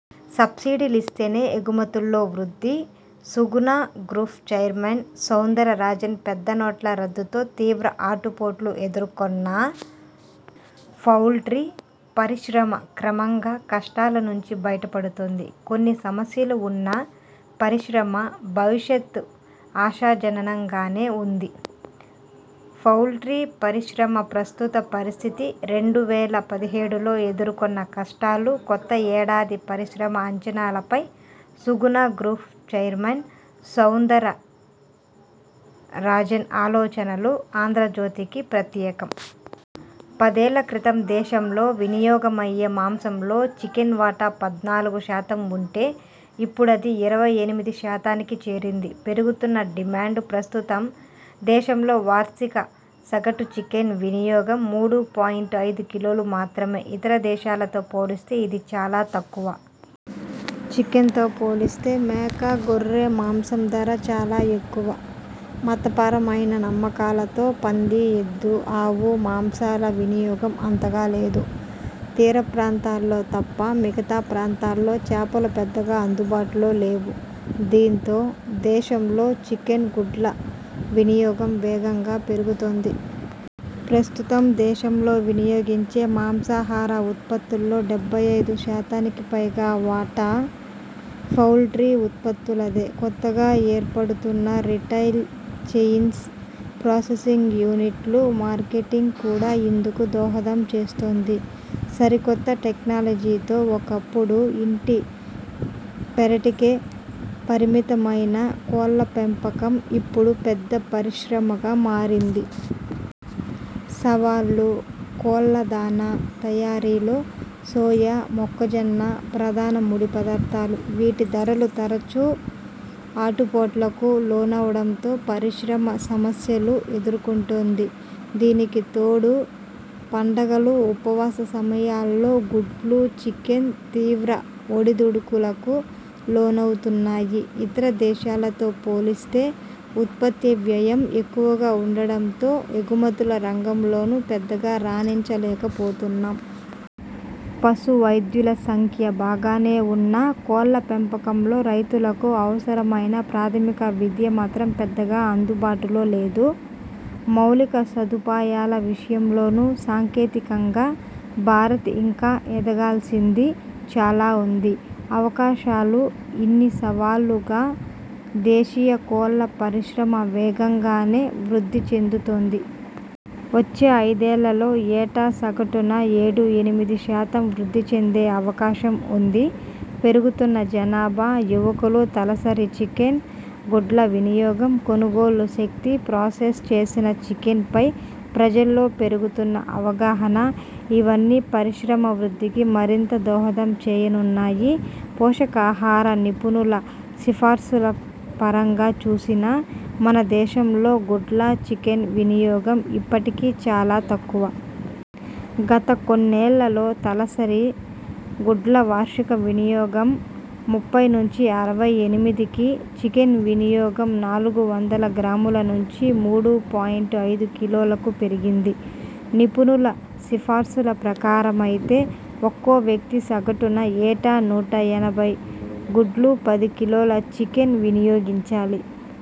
Subsidy లిస్తేనే ఎగుమతుల్లో వృద్ధి Suguna group chairman Soundararajan పెద్ద నోట్ల రద్దు తో తీవ్ర ఆటు పోట్లు ఎదుర్కొన్న పౌల్ట్రీ పరిశ్రమ క్రమంగా కష్టాల నుంచి బయట పడుతోంది. కొన్ని సమస్యలు ఉన్నా పరిశ్రమ భవిష్యత్ ఆశాజనంగానే ఉంది. పౌల్ట్రీ పరిశ్రమ ప్రస్తుత పరిస్థితి, రెండు వేల పదిహేడులో ఎదుర్కొన్న కష్టాలు, కొత్త ఏడాది పరిశ్రమ అంచనాల పై Suguna group chairman Soundararajan ఆలోచనలు 'ఆంధ్రజ్యోతి'కి ప్రత్యేకం. పదేళ్ల క్రితం దేశంలో వినియోగ మయ్యే మాంసంలో చికెన్ వాటా పద్నాలుగు శాతం ఉంటే ఇప్పుడది ఇరవై ఎనిమిది శాతానికి చేరింది. పెరుగుతున్న డిమాండ్ ప్రస్తుతం దేశంలో వార్షిక సగటు చికెన్ వినియోగం మూడు పాయింట్ ఐదు కిలోలు మాత్రమే. ఇతర దేశాలతో పోలిస్తే ఇది చాలా తక్కువ. చికెన్తో పోలిస్తే మేక, గొర్రె మాంసం ధర చాలా ఎక్కువ. మత పరమైన నమ్మకాలతో పంది, ఎద్దు, ఆవు మాంసాల వినియోగం అంతగా లేదు. తీర ప్రాంతాల్లో తప్ప మిగతా ప్రాంతాల్లో చాపలు పెద్దగా అందుబాటులో లేవు. దీంతో దేశంలో చికెన్, గుడ్ల వినియోగం వేగంగా పెరుగుతోంది. ప్రస్తుతం దేశంలో వినియోగించే మాంసాహార ఉత్పత్తుల్లో డెబ్బై ఐదు శాతానికి పైగా వాటా పౌల్ట్రీ ఉత్పత్తులదే. కొత్తగా ఏర్పడుతున్న రిటైల్ చెయిన్స్, ప్రాసెసింగ్ యూనిట్లు, మార్కెటింగ్ కూడా ఇందుకు దోహదం చేస్తోంది. సరికొత్త టెక్నాలజీతో ఒకప్పుడు ఇంటి పెరటికే పరిమితమైన కోళ్ల పెంపకం ఇపుడు పెద్ద పరిశ్రమగా మారింది. సవాళ్లు, కోళ్ల దాణా తయారీలో సోయా, మొక్కజొన్న ప్రధాన ముడి పదార్ధాలు. వీటి ధరలు తరచూ ఆటు పోట్లకు లోనవడంతో పరిశ్రమ సమస్యలు ఎదుర్కొంటోంది. దీనికి తోడు పండగలు ఉపవాస సమయాల్లో గుడ్లు, చికెన్ తీవ్ర ఒడుదుడుకులకు లోనవుతున్నాయి. ఇతర దేశాలతో పోలిస్తే ఉత్పత్తి వ్యయం ఎక్కువగా ఉండడంతో ఎగుమతుల రంగంలోనూ పెద్దగా రాణించలేక పోతున్నాం. పశు వైద్యుల సంఖ్య బాగానే ఉన్నా కోళ్ల పెంపకంలో రైతులకు అవసరమైన ప్రాథమిక విద్య మాత్రం పెద్దగా అందుబాటులో లేదు. మౌలిక సదుపాయాల విషయం లోనూ సాంకేతికంగా భారత్ ఇంకా ఎదగాల్సింది చాలా ఉంది. అవకాశాలు ఇన్ని సవాళ్లున్నా దేశీయ కోళ్ల పరిశ్రమ వేగంగానే వృద్ధి చెందుతోంది. వచ్చే ఐదేళ్లలో ఏటా సగటున ఏడు ఎనిమిది శాతం వృద్ధి చెందే అవకాశం ఉంది. పెరుగుతున్న జనాభా, యువకులు, తలసరి చికెన్, గుడ్ల వినియోగం, కొనుగోలు శక్తి, ప్రాసెస్ చేసిన చికెన్పై ప్రజల్లో పెరుగుతున్న అవగాహన ఇవన్నీ పరిశ్రమ వృద్ధికి మరింత దోహదం చేయనున్నాయి. పోషకాహార నిపుణుల సిఫార్సులపరంగా చూసినా మన దేశంలో గుడ్ల, చికెన్ వినియోగం ఇప్పటికీ చాలా తక్కువ. గత కొన్నేళ్లలో తలసరి గుడ్ల వార్షిక వినియోగం ముప్పై నుంచి అరవై ఎనిమిదికి, చికెన్ వినియోగం నాలుగు వందల గ్రాముల నుంచి మూడు పాయింట్ ఐదు కిలోలకు పెరిగింది. నిపుణుల సిఫార్సుల ప్రకారమైతే ఒక్కో వ్యక్తి సగటున ఏటా నూట ఎనభై గుడ్లు, పది కిలోల చికెన్ వినియోగించాలి.